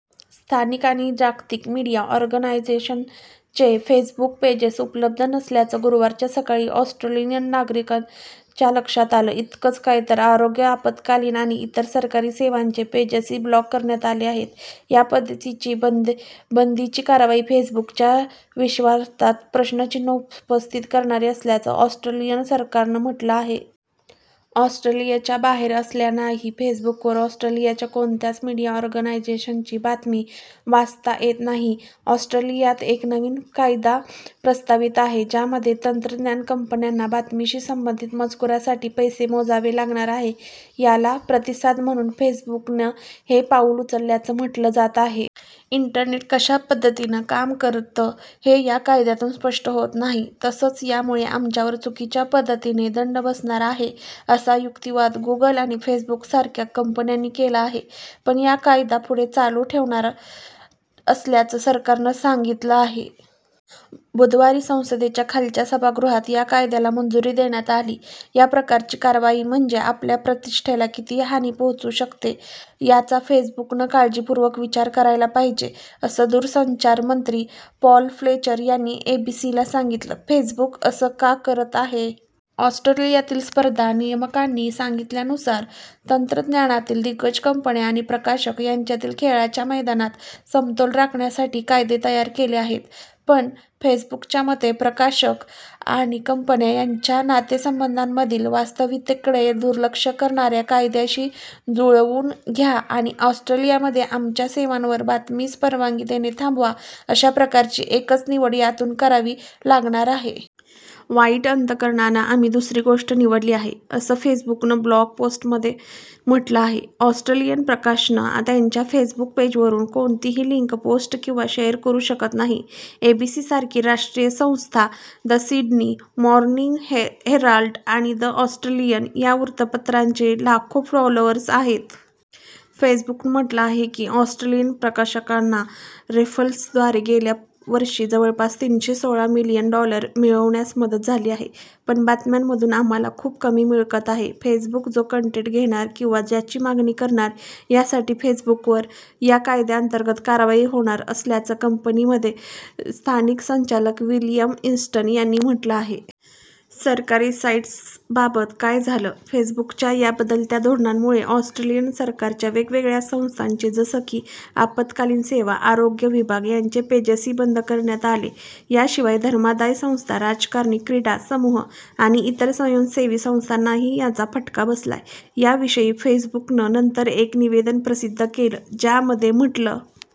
स्थानिक आणि जागतिक मीडिया ऑर्गनायजेशन्सचे फेसबुक पेजेस उपलब्ध नसल्याचं गुरुवारच्या सकाळी ऑस्ट्रेलियन नागरिकांच्या लक्षात आलं. इतकंच काय तर आरोग्य आपात्कालीन आणि इतर सरकारी सेवांचे पेजेसही ब्लॉक करण्यात आले आहेत. या पद्धतीची बंदीची कारवाई फेसबुकच्या विश्वासार्हतेवर प्रश्नचिन्ह उपस्थित करणारी असल्याचं ऑस्ट्रेलियन सरकारनं म्हटलं आहे. ऑस्ट्रेलियाच्या बाहेर असलेल्यांनाही फेसबुकवर ऑस्ट्रेलियाच्या कोणत्याच मीडिया ऑर्गनायजेशन्सची बातमी वाचता येत नाहीये. ऑस्ट्रेलियात एक नवीन कायदा प्रस्तावित आहे. ज्यामध्ये तंत्रज्ञान कंपन्यांना बातमीशी संबंधित मजकुरासाठी पैसे मोजावे लागणार आहे. याला प्रतिसाद म्हणून फेसबुकनं हे पाऊल उचलल्याचं म्हटलं जात आहे. इंटरनेट कशा पद्धतीनं काम करतं हे या कायद्यातून स्पष्ट होत नाही. तसंच यामुळे आमच्यावर चुकीच्या पद्धतीनं दंड बसणार आहे असा युक्तिवाद गुगल आणि फेसबुकसारख्या कंपन्यांनी केला आहे. पण या कायदा पुढे चालू ठेवणार असल्याचं सरकारनं सांगितलं आहे. बुधवारी संसदेच्या खालच्या सभागृहात या कायद्याला मंजुरी देण्यात आली. याप्रकारची कारवाई म्हणजे आपल्या प्रतिष्ठेला किती हानी पोहोचू शकते, याचा फेसबुकनं काळजीपूर्वक विचार करायला पाहिजे असं दूरसंचार मंत्री पॉल फ्लेचर यांनी एबीसीला सांगितलं. फेसबुक असं का करत आहे? ऑस्ट्रेलियातील स्पर्धा नियामकांनी सांगितल्यानुसार, तंत्रज्ञानातील दिग्गज कंपन्या आणि प्रकाशक यांच्यातील खेळाच्या मैदानात समतोल राखण्यासाठी कायदे तयार केले आहेत. पण फेसबुकच्या मते प्रकाशक आणि कंपन्या यांच्या नातेसंबंधांमधील वास्तविकतेकडे दुर्लक्ष करणाऱ्या कायद्याशी जुळवून घ्या किंवा ऑस्ट्रेलियामध्ये आमच्या सेवांवर बातमीस परवानगी देणे थांबवा, अशाप्रकारची एकच निवड यातून करावी लागणार आहे. वाईट अंतकरणानं आम्ही दुसरी गोष्ट निवडली आहे, असं फेसबुकनं ब्लॉग पोस्टमध्ये म्हटलं आहे. ऑस्ट्रेलियन प्रकाशनं त्यांच्या फेसबुक पेजवरून कोणतीही लिंक पोस्ट किंवा शेयर करू शकत नाहीये. एबीसी सारखी राष्ट्रीय संस्था, द सिडनी, मॉर्निंग हेराल्ड आणि द ऑस्ट्रेलियन या वृत्तपत्रांचे लाखो फॉलोअर्स आहेत. फेसबुकनं म्हटलं आहे की ऑस्ट्रेलियन प्रकाशकांना रेफरल्सद्वारे गेल्या वर्षी जवळपास तीनशे सोळा मिलियन डॉलर मिळवण्यास मदत झाली आहे। पण, बातम्यांमधून आम्हाला खूप कमी मिळकत आहे. फेसबुक जो कंटेट घेणार किंवा ज्याची मागणी करणार, यासाठी फेसबुकवर या कायद्यांतर्गत कारवाई होणार असल्याचं कंपनीचे स्थानिक संचालक विलियम ईस्टन यांनी म्हटलं आहे. सरकारी साईट्सबाबत काय झालं? फेसबुकच्या या बदलत्या धोरणांमुळे ऑस्ट्रेलियन सरकारच्या वेगवेगळ्या संस्थांचे जसं की आपत्कालीन सेवा, आरोग्य विभाग यांचे पेजेसही बंद करण्यात आले. याशिवाय धर्मादाय संस्था, राजकारणी, क्रीडा समूह आणि इतर स्वयंसेवी संस्थांनाही याचा फटका बसलाय. याविषयी फेसबुकनं नंतर एक निवेदन प्रसिद्ध केलं. ज्यामध्ये म्हटलं